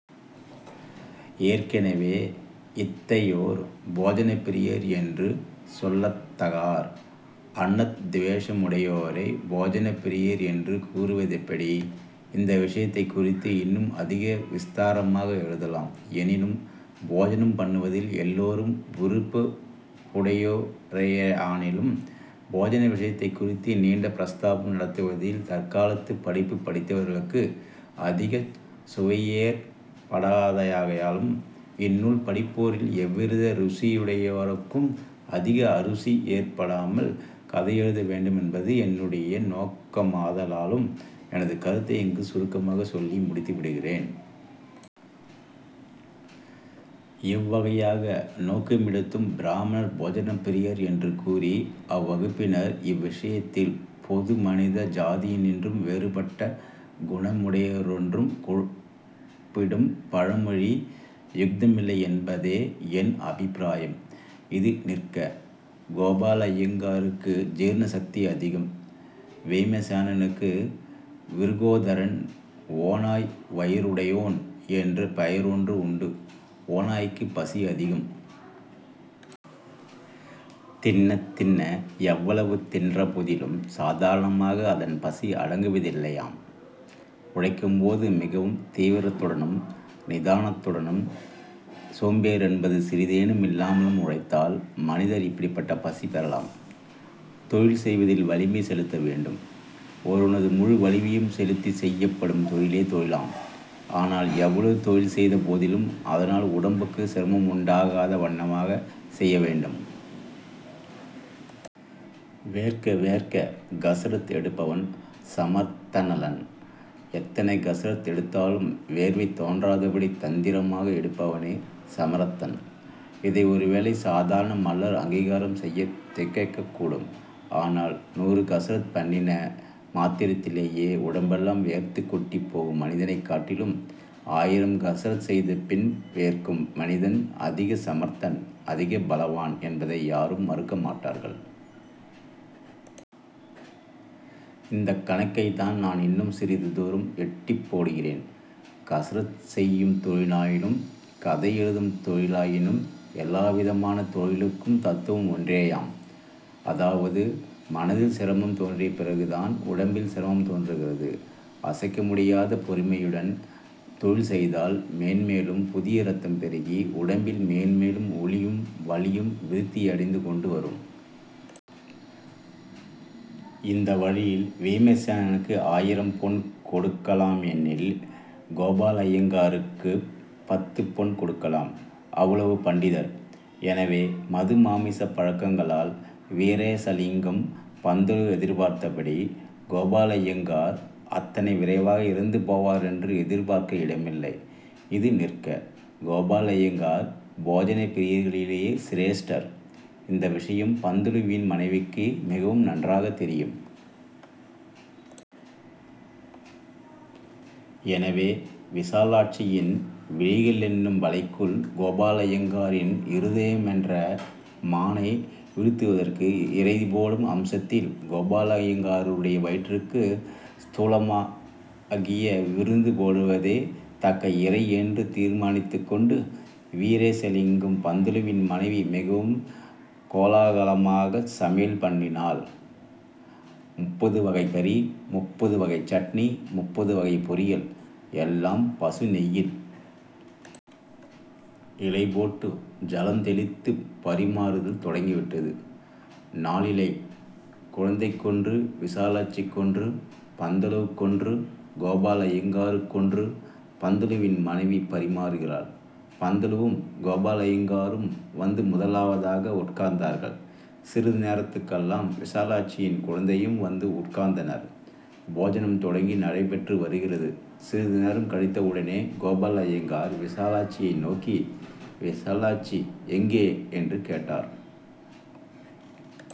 ஏற்கெனவே, இத்தையோர் போஜனப்பிரியர் என்று சொல்லத்தகார். அன்னத் துவேஷமுடையோரை போஜனப்பிரியர் என்று கூறுவதெப்படி? இந்த விஷயத்தைக் குறித்து இன்னும் அதிக விஸ்தாரமாக எழுதலாம். எனினும், போஜனம் பண்ணுவதில் எல்லோரும் விருப்புடையோரெயெஆனிலும், போஜன விஷயத்தைக் குறித்து நீண்ட பிரஸ்தாபம் நடத்துவதில் தற்காலத்துப் படிப்புப் படித்தவர்களுக்கு அதிகச் சுவையேற்படாதாகையாலும், இந்நூல் படிப்போரில் எவ்வித ருசியுடையோருக்கும் அதிக அருசியேற்படாமல் கதையெழுத வேண்டுமென்பது என்னுடைய நோக்கமாதலாலும் எனது கருத்தை இங்கு சுருக்கமாகச் சொல்லி முடித்துவிடுகிறேன். எவ்வகையாக நோக்குமிடத்தும் பிராமணர் போஜனப்பிரியர் என்று கூறி அவ்வகுப்பினர் இவ்விஷயத்தில் பொது மனித ஜாதியின்றும் வேறுபட்ட குணமுடையோரென்று குறிப்பிடும் பழமொழி யுக்தமில்லையென்பதே என் அபிப்ராயம். இது நிற்க. கோபாலய்யங்காருக்கு ஜீர்ண சக்தி அதிகம். வீமஸேனனுக்கு 'விருகோதரன்' ஓநாய் வயிறுடையோன்-என்ற பெயரொன்று உண்டு. ஓநாய்க்குப் பசி அதிகம். தின்னத் தின்ன-எவ்வளவு தின்றபோதிலும்-சாதாரணமாக அதன் பசி அடங்குவதில்லையாம். உழைக்கும்போது மிகவும் தீவிரத்துடனும் நிதானத்துடனும் சோம்பரென்பது சிறிதேனுமில்லாமலும் உழைத்தால், மனிதர் இப்படிப்பட்ட பசி பெறலாம். தொழில் செய்வதில் வலிமை செலுத்த வேண்டும். ஒருவனது முழு வலிமையையும் செலுத்திச் செய்யப்படும் தொழிலே தொழிலாம். ஆனால், எவ்வளவு தொழில் செய்த போதிலும், அதனால் உடம்புக்கு சிரமமுண்டாகாத வண்ணமாகச் செய்யவேண்டும். வேர்க்க வேர்க்க கஸ்ரத் எடுப்பவன் சமர்த்தனல்லன். எத்தனை கஸ்ரத் எடுத்தாலும் வேர்வை தோன்றாதபடி தந்திரமாக எடுப்பவனே சமர்த்தன். இதை ஒரு வேளை சாதாரண மல்லர் அங்கீகாரம் செய்யத் திகைக்கக்கூடும். ஆனால் நூறு கஸ்ரத் பண்ணின மாத்திரத்திலேயே உடம்பெல்லாம் வெயர்த்துக் கொட்டிப் போகும் மனிதனைக் காட்டிலும், ஆயிரம் கஸ்ரத் செய்தபின் வேர்க்கும் மனிதன் அதிக சமர்த்தன் அதிக பலவான் என்பதை யாரும் மறுக்கமாட்டார்கள். இந்தக் கணக்கைத்தான் நான் இன்னும் சிறிது தூரம் எட்டிப் போடுகிறேன். கஸ்ரத் செய்யும் தொழிலாயினும், கதையெழுதும் தொழிலாயினும்-எல்லாவிதமான தொழிலுக்கும் தத்துவம் ஒன்றேயாம். அதாவது மனதில் சிரமந் தோன்றிய பிறகு தான் உடம்பில் சிரமந் தோன்றுகிறது. அசைக்க முடியாத பொறுமையுடன் தொழில் செய்தால் மேன்மேலும் புதிய ரத்தம் பெருகி, உடம்பில் மேன்மேலும் ஒளியும் வலியும் விருத்தியடைந்து கொண்டு வரும். இந்த வழியில் வீமசேனனுக்கு ஆயிரம் பொன் கொடுக்கலாமென்னில், கோபாலய்யங்காருக்குப் பத்துப் பொன் கொடுக்கலாம். அவ்வளவு பண்டிதர். எனவே மதுமாமிசப் பழக்கங்களால், வீரேசலிங்கம் பந்துலு எதிர்பார்த்தபடி, கோபாலய்யங்கார் அத்தனை விரைவாக இறந்து போவாரென்று எதிர்பார்க்க இடமில்லை. இது நிற்க. கோபாலய்யங்கார் போஜன பிரியர்களிலே சிரேஷ்டர். இந்த விஷயம் பந்துலுவின் மனைவிக்கு மிகவும் நன்றாகத் தெரியும். எனவே, விசாலாட்சியின் விழிகளென்னும் வலைக்குள் கோபாலய்யங்காரின் இருதயமென்ற மானை வீழ்த்துவதற்கு இரை போடும் அம்சத்தில் கோபாலய்யங்காருடைய வயிற்றுக்கு ஸ்தூலமாகிய விருந்து போடுவதே தக்க இரையென்று தீர்மானித்துக் கொண்டு, வீரேசலிங்கம் பந்துலுவின் மனைவி மிகவும் கோலாகலமாகச் சமையல் பண்ணினாள். முப்பது வகைக் கறி; முப்பது வகை சட்டினி; முப்பது வகை பொரியல்;-எல்லாம் பசு நெய்யில். இலை போட்டு ஜலந் தெளித்துப் பரிமாறுதல் தொடங்கிவிட்டது. நாலிலை; குழந்தைக்கொன்று; விசாலாட்சிக்கொன்று; பந்துலுவுக்கொன்று; கோபா-லய்யங்காருக்கொன்று. பந்துலுவின் மனைவி பரிமாறுகிறாள். பந்துலுவும் கோபாலய்யங்காரும் வந்து முதலாவதாக உட்கார்ந்தார்கள். சிறிது நேரத்துக்கெல்லாம் விசாலாட்சியும் குழந்தையும் வந்து உட்கார்ந்தனர். போஜனம் தொடங்கி நடைபெற்று வருகிறது. சிறிது நேரம் கழித்தவுடனே கோபாலய்யங்கார் விசாலாட்சியை நோக்கி:- ''விசாலாட்சி எங்கே'' என்று கேட்டார்.